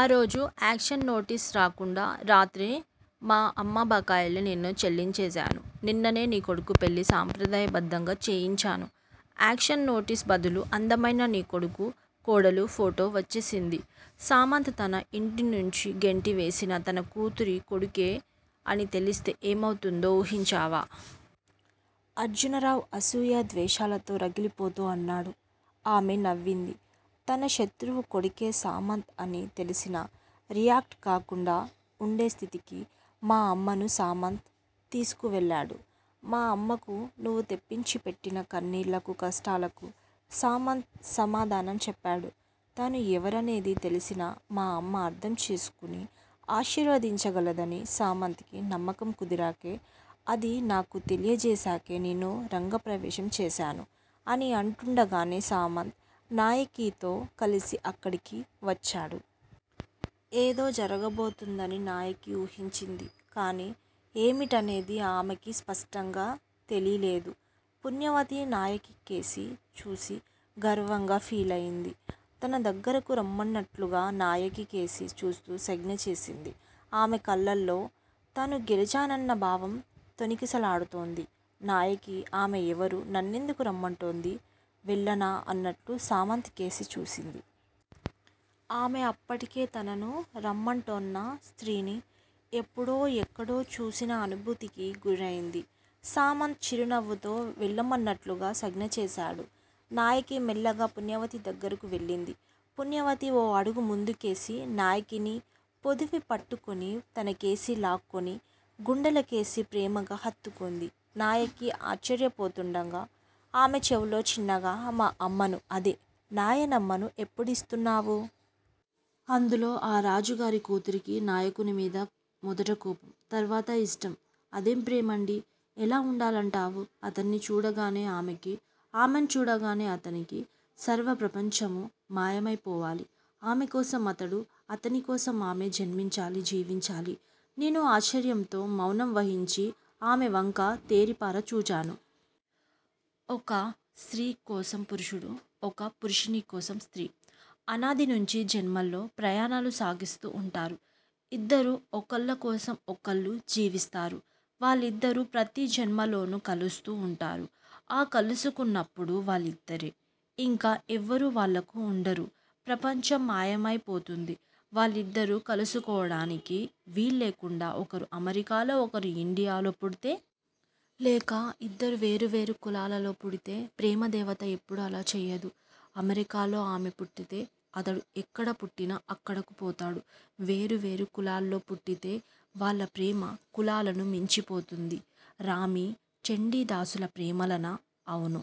ఈరోజు action notice రాకుండా రాత్రే మా అమ్మ బకాయిల్ని నేను చెల్లించేసాను. నిన్ననే నీ కొడుకు పెళ్ళి సాంప్రదాయబద్ధంగా చేయించాను. ఆక్షన్ నోటీసు బదులు అందమైన నీకొడుకు, కోడలు ఫోటో వచ్చేసింది. సామంత్ తన ఇంటినుంచి గెంటి వేసిన తన కూతురి కొడుకే అని తెలిస్తే ఏమవుతుందో ఊహించావా? అర్జునరావు అసూయా ద్వేషాలతో రగిలిపోతూ అన్నాడు. ఆమె నవ్వింది. తన శత్రువు కొడుకే సామంత్ అని తెలిసినా రియాక్ట్ కాకుండా వుండే స్థితికి మా అమ్మను సామంత్ తీసుకువెళ్ళాడు. మా అమ్మకు నువ్వు తెప్పించి పెట్టిన కన్నీళ్ళకు, కష్టాలకు సామంత్ సమాధానం చెప్పాడు. తను ఎవరనేది తెలిసినా మా అమ్మ అర్థం చేసుకుని ఆశీర్వదించగలదని సామంత్ కి నమ్మకం కుదిరాకే- అది నాకు తెలియజేసాకే నేను రంగప్రవేశం చేసాను అని అంటుండగానే సామంత్ నాయకితో కలిసి అక్కడికి వచ్చాడు. ఏదో జరగబోతోందని నాయకి ఊహించింది. కాని, ఏమిటనేది ఆమెకీ స్పష్టంగా తెలీలేదు. పుణ్యవతి నాయకికేసి చూసి గర్వంగా ఫీలయింది. తన దగ్గరకు రమ్మన్నట్లుగా నాయకికేసి చూస్తూ సంజ్ఞ చేసింది. ఆమె కళ్ళలో తను గెలిచానన్న భావం తొణికిసలాడుతోంది. నాయకి- ఆమె ఎవరు? నన్నెందుకు రమ్మంటోంది? వెళ్ళనా అన్నట్లు సామంత్ కేసి చూసింది. ఆమె అప్పటికే తనను రమ్మంటోన్న స్త్రీని ఎప్పుడో ఎక్కడో చూసిన అనుభూతికి గురయింది. సామంత్ చిరునవ్వుతో వెళ్ళమన్నట్లుగా సంజ్ఞ చేసాడు. నాయకి మెల్లగా పుణ్యవతి దగ్గరకు వెళ్ళింది. పుణ్యవతి ఓ అడుగు ముందుకేసి నాయకిని పొదివి పట్టుకొని తనకేసి లాక్కుని, గుండెలకేసి ప్రేమగా హత్తుకుంది. నాయకి ఆశ్చర్యపోతుండగా ఆమె చెవిలో చిన్నగా మా అమ్మను అదే నాయనమ్మను ఎప్పుడిస్తున్నావు? అందులో ఆ రాజుగారి కూతురుకి నాయకుని మీద మొదట కోపం, తర్వాత ఇష్టం! అదేం ప్రేమండీ? '' ''ఎలా ఉండాలంటావు? '' ''అతన్ని చూడగానే ఆమెకు, ఆమెను చూడగానే అతనికి సర్వ ప్రపంచమూ మాయమైపోవాలి. ఆమెకోసం అతడూ, అతనికోసం ఆమె జన్మించాలి, జీవించాలి. '' నేను ఆశ్చర్యంతో మౌనం వహించి ఆమెవంక తేరిపార చూచాను. ''ఒక స్త్రీ కోసం పురుషుడూ, ఒక పురుషుని కోసం స్త్రీ అనాది నుంచీ జన్మల్లో ప్రయాణాలు సాగిస్తూ వుంటారు. ఇద్దరూ ఒకళ్ళకోసం ఒకళ్ళు జీవిస్తారు. వాళ్ళిద్దరూ ప్రతిజన్మలోనూ కలుస్తూ ఉంటారు. ఆ కలుసుకున్నప్పుడు వాళ్లిద్దరే. ఇంక ఎవ్వరూ వాళ్లకు వుండరు. ప్రపంచం మాయమైపోతుంది. ''వాళ్ళిద్దరూ కలుసుకోవడానికి వీల్లేకుండా ఒకరు అమెరికాలో, ఒకరు ఇండియాలో పుడితే? లేక ఇద్దరూ వేరు వేరు కులాలలో పుడితే? '' ''ప్రేమదేవత ఎప్పుడూ అలా చెయ్యదు. అమెరికాలో ఆమె పుట్టితే ఇతడు ఎక్కడ పుట్టినా అక్కడక్కు పోతాడు. వేరు వేరు కులాల్లో పుట్టితే, వాళ్ళ ప్రేమ కులాలను మించిపోతుంది! '' ''రామీ, చండీదాసుల ప్రేమలానా? '' ''అవును.